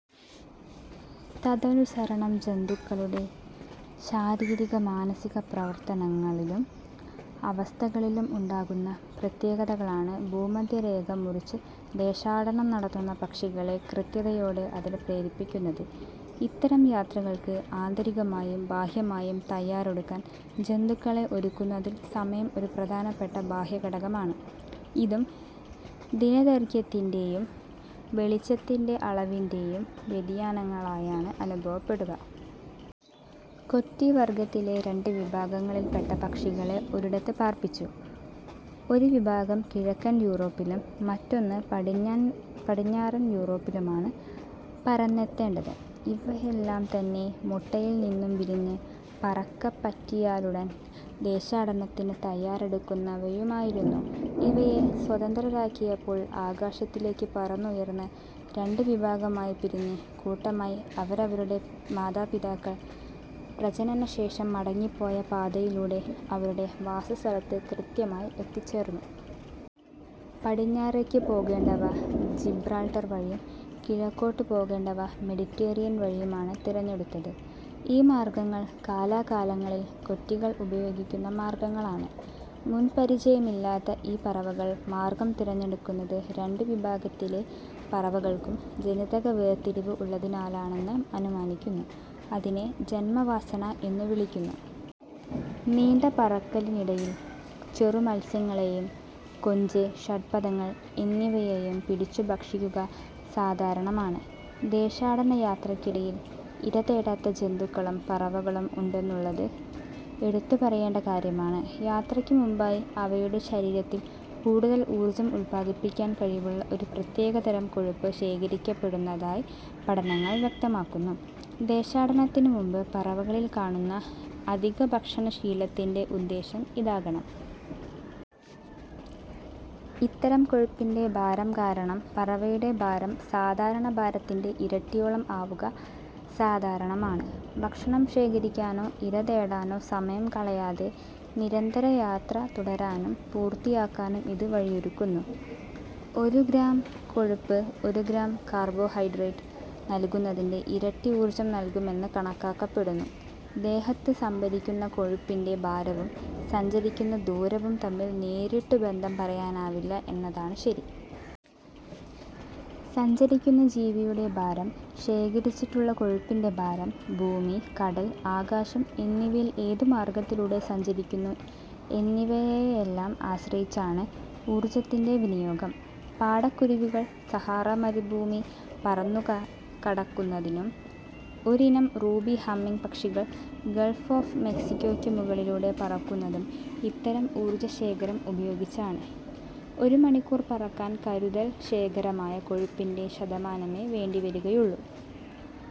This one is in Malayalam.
തദനുസരണം ജന്തുക്കളുടെ ശാരീരിക മാനസിക പ്രവർത്തനങ്ങളിലും അവസ്ഥകളിലും ഉണ്ടാകുന്ന പ്രത്യേകതകളാണ് ഭൂമധ്യരേഖ മുറിച്ച് ദേശാടനം നടത്തുന്ന പക്ഷികളെ കൃത്യതയോടെ അതിന് പ്രേരിപ്പിക്കുന്നത്. ഇത്തരം യാത്രകൾക്ക് ആന്തരികമായും ബാഹ്യമായും തയ്യാറെടുക്കാൻ ജന്തുക്കളെ ഒരുക്കുന്നതിൽ സമയം ഒരു പ്രധാനപ്പെട്ട ബാഹ്യഘടകമാണ്. ഇതും ദിനദൈർഘ്യത്തിന്റെയും വെളിച്ചത്തിന്റെ അളവിന്റെയും വ്യതിയാനങ്ങളായാണ് അനുഭവപ്പെടുക. കൊറ്റി വർഗത്തിലെ രണ്ട് വിഭാഗങ്ങളിൽപ്പെട്ട പക്ഷികളെ ഒരിടത്ത് പാർപ്പിച്ചു. ഒരു വിഭാഗം കിഴക്കൻ യൂറോപ്പിലും മറ്റൊന്ന് പടിഞ്ഞാറൻ യൂറോപ്പിലുമാണ് പറന്നെത്തേണ്ടത്. ഇവയെല്ലാംതന്നെ മുട്ടയിൽനിന്നു വിരിഞ്ഞ് പറക്കപറ്റിയാലുടൻ ദേശാടനത്തിന് തയ്യാറെടുക്കുന്നവയുമായിരുന്നു. ഇവയെ സ്വതന്ത്രരാക്കിയപ്പോൾ ആകാശത്തിലേക്കു പറന്നുയർന്ന് രണ്ട് വിഭാഗമായി പിരിഞ്ഞ് കൂട്ടമായി അവരവരുടെ മാതാപിതാക്കൾ പ്രജനനശേഷം മടങ്ങിപ്പോയ പാതയിലൂടെ അവരുടെ വാസസ്ഥലത്ത് കൃത്യമായി എത്തിച്ചേർന്നു. പടിഞ്ഞാറേക്ക് പോകേണ്ടവ ജിബ്രാൾട്ടർ വഴിയും കിഴക്കോട്ട് പോകേണ്ടവ മെഡിറ്ററേനിയൻ വഴിയും ആണ് തിരഞ്ഞെടുത്തത്. ഈ മാർഗങ്ങൾ കാലാകാലങ്ങളിൽ കൊറ്റികൾ ഉപയോഗിക്കുന്ന മാർഗങ്ങളാണ്. മുൻപരിചയമില്ലാത്ത ഈ പറവകൾ മാർഗ്ഗം തിരഞ്ഞെടുത്തത് രണ്ട് വിഭാഗത്തിലെ പറവകൾക്കും ജനിതക വേർതിരിവ് ഉള്ളതിനാലാണ് എന്ന് അനുമാനിക്കുന്നു. അതിനെ ജന്മവാസന എന്നു വിളിക്കുന്നു. നീണ്ട പറക്കലിനിടയിൽ ചെറുമത്സ്യങ്ങളെയും കൊഞ്ച്, ഷഡ്പദങ്ങൾ എന്നിവയെയും പിടിച്ചുഭക്ഷിക്കുക സാധാരണമാണ്. ദേശാടനയാത്രയ്ക്കിടയിൽ ഇരതേടാത്ത ജന്തുക്കളും പറവകളും ഉണ്ടെന്നുള്ളത് എടുത്തുപറയേണ്ട കാര്യമാണ്. യാത്രയ്ക്കുമുമ്പായി അവയുടെ ശരീരത്തിൽ കൂടുതൽ ഊർജ്ജം ഉത്പാദിപ്പിക്കാൻ കഴിവുള്ള ഒരു പ്രത്യേകതരം കൊഴുപ്പ് ശേഖരിക്കപ്പെടുന്നതായി പഠനങ്ങൾ വ്യക്തമാക്കുന്നു. ദേശാടനത്തിനുമുമ്പ് പറവകളിൽ കാണുന്ന അധികഭക്ഷണശീലത്തിന്റെ ഉദ്ദേശ്യം ഇതാകണം. ഇത്തരം കൊഴുപ്പിന്റെ ഭാരംകാരണം പറവയുടെ ഭാരം സാധാരണ ഭാരത്തിന്റെ ഇരട്ടിയോളം ആവുക സാധാരണമാണ്. ഭക്ഷണം ശേഖരിക്കാനോ ഇരതേടാനോ സമയം കളയാതെ നിരന്തര യാത്ര തുടരാനും പൂർത്തിയാക്കാനും ഇത് വഴിയൊരുക്കുന്നു. ഒരു ഗ്രാം കൊഴുപ്പ് ഒരു ഗ്രാം കാർബോഹൈഡ്രേറ്റ് നല്കുന്നതിന്റെ ഇരട്ടി ഊർജ്ജം നല്കുമെന്ന് കണക്കാക്കപ്പെടുന്നു. ദേഹത്ത് സംഭരിക്കുന്ന കൊഴുപ്പിന്റെ ഭാരവും സഞ്ചരിക്കുന്ന ദൂരവും തമ്മിൽ നേരിട്ടു ബന്ധം പറയാനാവില്ല എന്നതാണ് ശരി. സഞ്ചരിക്കുന്ന ജീവിയുടെ ഭാരം, ശേഖരിച്ചിട്ടുള്ള കൊഴുപ്പിന്റെ ഭാരം, ഭൂമി-കടൽ-ആകാശം എന്നിവയിൽ ഏതു മാർഗ്ഗത്തിലൂടെ സഞ്ചരിക്കുന്നു എന്നിവയെയെല്ലാം ആശ്രയിച്ചാണ് ഊർജ്ജത്തിന്റെ വിനിയോഗം. പാടക്കുരുവികൾ സഹാറാ മരുഭൂമി പറന്നുകടക്കുന്നതും ഒരിനം റൂബി ഹമ്മിങ് പക്ഷികൾ ഗൾഫ് ഒഫ് മെക്സിക്കോയ്ക്ക് മുകളിലൂടെ പറക്കുന്നതും ഇത്തരം ഊർജശേഖരം ഉപയോഗിച്ചാണ്. ഒരു മണിക്കൂർ പറക്കാൻ കരുതൽ ശേഖരമായ കൊഴുപ്പിന്റെ ശതമാനമേ വേണ്ടിവരികയുള്ളൂ.